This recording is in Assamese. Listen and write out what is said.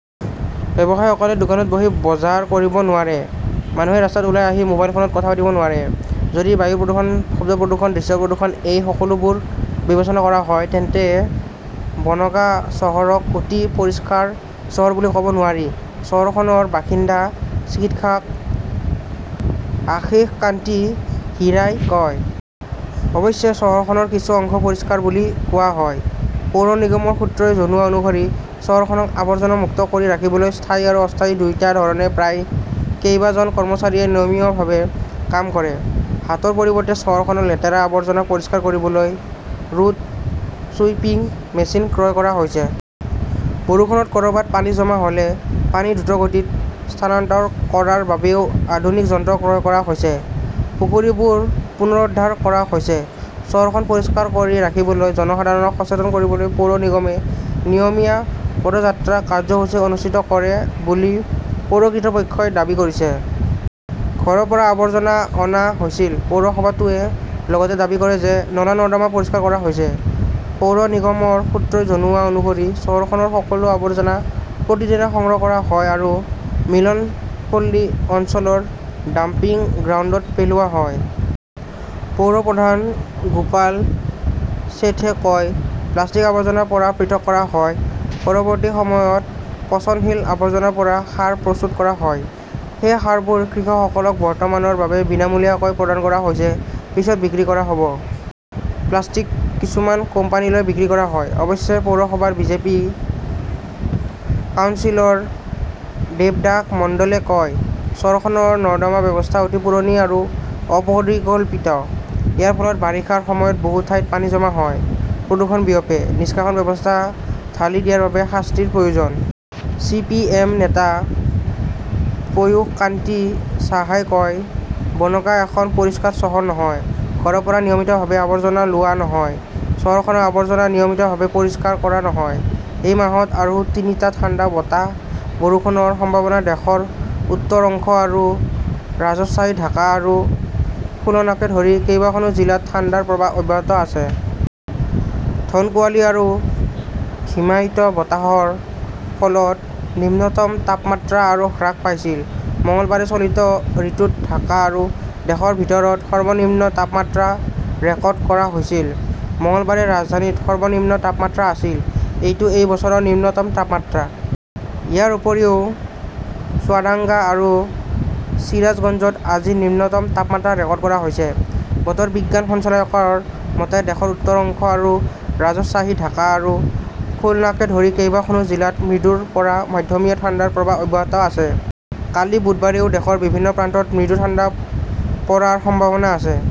ব্যৱসায়ীসকলে দোকানত বহি বজাৰ কৰিব নোৱাৰে। মানুহে ৰাস্তাত ওলাই আহি মোবাইলত কথা পাতিব নোৱাৰে। যদি বায়ু প্ৰদূষণ, শব্দ প্ৰদূষণ, দৃশ্য প্ৰদূষণ- এই সকলোবোৰ বিবেচনা কৰা হয়, তেন্তে বনগাঁ চহৰক অতি পৰিষ্কাৰ চহৰ বুলি ক'ব নোৱাৰি ", চহৰখনৰ বাসিন্দা চিকিৎসক আশীশকান্তি হিৰাই কয়। অৱশ্যে চহৰখনৰ কিছু অংশ পৰিষ্কাৰ বুলি কোৱা হয়। পৌৰ নিগমৰ সূত্ৰই জনোৱা অনুসৰি চহৰখনক আৱৰ্জনা মুক্ত কৰি ৰাখিবলৈ স্থায়ী আৰু অস্থায়ী দুয়োটা ধৰণে প্ৰায় কেইবাজন কৰ্মচাৰীয়ে নিয়মীয়াভাৱে কাম কৰে। হাতৰ পৰিৱৰ্তে চহৰখনৰ লেতেৰা আৱৰ্জনা পৰিষ্কাৰ কৰিবলৈ ৰোড ছুইপিং মেচিন ক্ৰয় কৰা হৈছে। বৰষুণত ক'ৰবাত পানী জমা হ'লে পানী দ্ৰুতগতিত স্থানান্তৰ কৰাৰ বাবেও আধুনিক যন্ত্ৰ ক্ৰয় কৰা হৈছে। পুখুৰীবোৰ পুনৰুদ্ধাৰ কৰা হৈছে। চহৰখন পৰিষ্কাৰ কৰি ৰাখিবলৈ জনসাধাৰণক সচেতন কৰিবলৈ পৌৰ নিগমে নিয়মীয়া পদযাত্ৰা, কাৰ্যসূচী অনুষ্ঠিত কৰে বুলি পৌৰ কৰ্তৃপক্ষই দাবী কৰিছে। ঘৰৰ পৰা আৱৰ্জনা অনা হৈছিল। পৌৰসভাটোৱে লগতে দাবী কৰে যে নলা-নৰ্দমা পৰিষ্কাৰ কৰা হৈছে। পৌৰ নিগমৰ সূত্ৰই জনোৱা অনুসৰি চহৰখনৰ সকলো আৱৰ্জনা প্ৰতিদিনে সংগ্ৰহ কৰা হয় আৰু মিলনপল্লী অঞ্চলৰ ডাম্পিং গ্ৰাউণ্ডত পেলোৱা হয়। পৌৰ প্ৰধান গোপাল শেঠে কয়, "প্লাষ্টিক আবৰ্জনাৰ পৰা পৃথক কৰা হয়। পৰৱৰ্তী সময়ত পচনশীল আৱৰ্জনাৰ পৰা সাৰ প্ৰস্তুত কৰা হয়। সেই সাৰবোৰ কৃষকসকলক বৰ্তমানৰ বাবে বিনামূলীয়াকৈ প্ৰদান কৰা হৈছে। পিছত বিক্ৰী কৰা হ'ব। প্লাষ্টিক কিছুমান কোম্পানীলৈ বিক্ৰী কৰা হয়।" অৱশ্যে, পৌৰসভাৰ বিজেপি কাউন্সিলৰ দেৱদাস মণ্ডলে কয়", চহৰখনৰ নৰ্দমা ব্যৱস্থা অতি পুৰণি আৰু অপৰিকল্পিত। ইয়াৰ ফলত বাৰিষাৰ সময়ত বহু ঠাইত পানী জমা হয়, প্ৰদূষণ বিয়পে। নিষ্কাশন ব্যৱস্থা ঢালি দিয়াৰ বাবে শাস্তিৰ প্ৰয়োজন। চি. পি. এম. নেতা পীয়ুষকান্তী চাহাই কয়, "বনগাঁ এখন পৰিষ্কাৰ চহৰ নহয়। ঘৰৰ পৰা নিয়মিতভাৱে আৱৰ্জনা লোৱা নহয়। চহৰখনৰ আৱৰ্জনা নিয়মিতভাৱে পৰিষ্কাৰ কৰা নহয়। " এই মাহত আৰু তিনিটা ঠাণ্ডা বতাহ, বৰষুণৰ সম্ভাৱনা দেশৰ উত্তৰ অংশ আৰু ৰাজশ্বাহী, ঢাকা আৰু খুলনাকে ধৰি কেইবাখনো জিলাত ঠাণ্ডাৰ প্ৰৱাহ অব্যাহত আছে। ঘন কুঁৱলী আৰু হিমায়িত বতাহৰ ফলত নিম্নতম তাপমাত্ৰা আৰু হ্ৰাস পাইছিল। মঙলবাৰে চলিত ঋতুত ঢাকা আৰু দেশৰ ভিতৰত সৰ্বনিম্ন তাপমাত্ৰা ৰেকৰ্ড কৰা হৈছিল। মঙলবাৰে ৰাজধানীত সৰ্বনিম্ন তাপমাত্ৰা আছিল । এইটো এই বছৰৰ নিম্নতম তাপমাত্ৰা। ইয়াৰ উপৰিও চুৱাডাঙ্গা আৰু চিৰাজগঞ্জত আজি নিম্নতম তাপমাত্ৰা ৰেকৰ্ড কৰা হৈছে। বতৰ বিজ্ঞান সঞ্চালকালয়ৰ মতে, দেশৰ উত্তৰ অংশ আৰু ৰাজশ্বাহী, ঢাকা আৰু খুলনাকে ধৰি কেইবাখনো জিলাত মৃদুৰ পৰা মধ্যমীয়া ঠাণ্ডাৰ প্ৰৱাহ অব্যাহত আছে। কালি বুধবাৰেও দেশৰ বিভিন্ন প্ৰান্তত মৃদু ঠাণ্ডা পৰাৰ সম্ভাৱনা আছে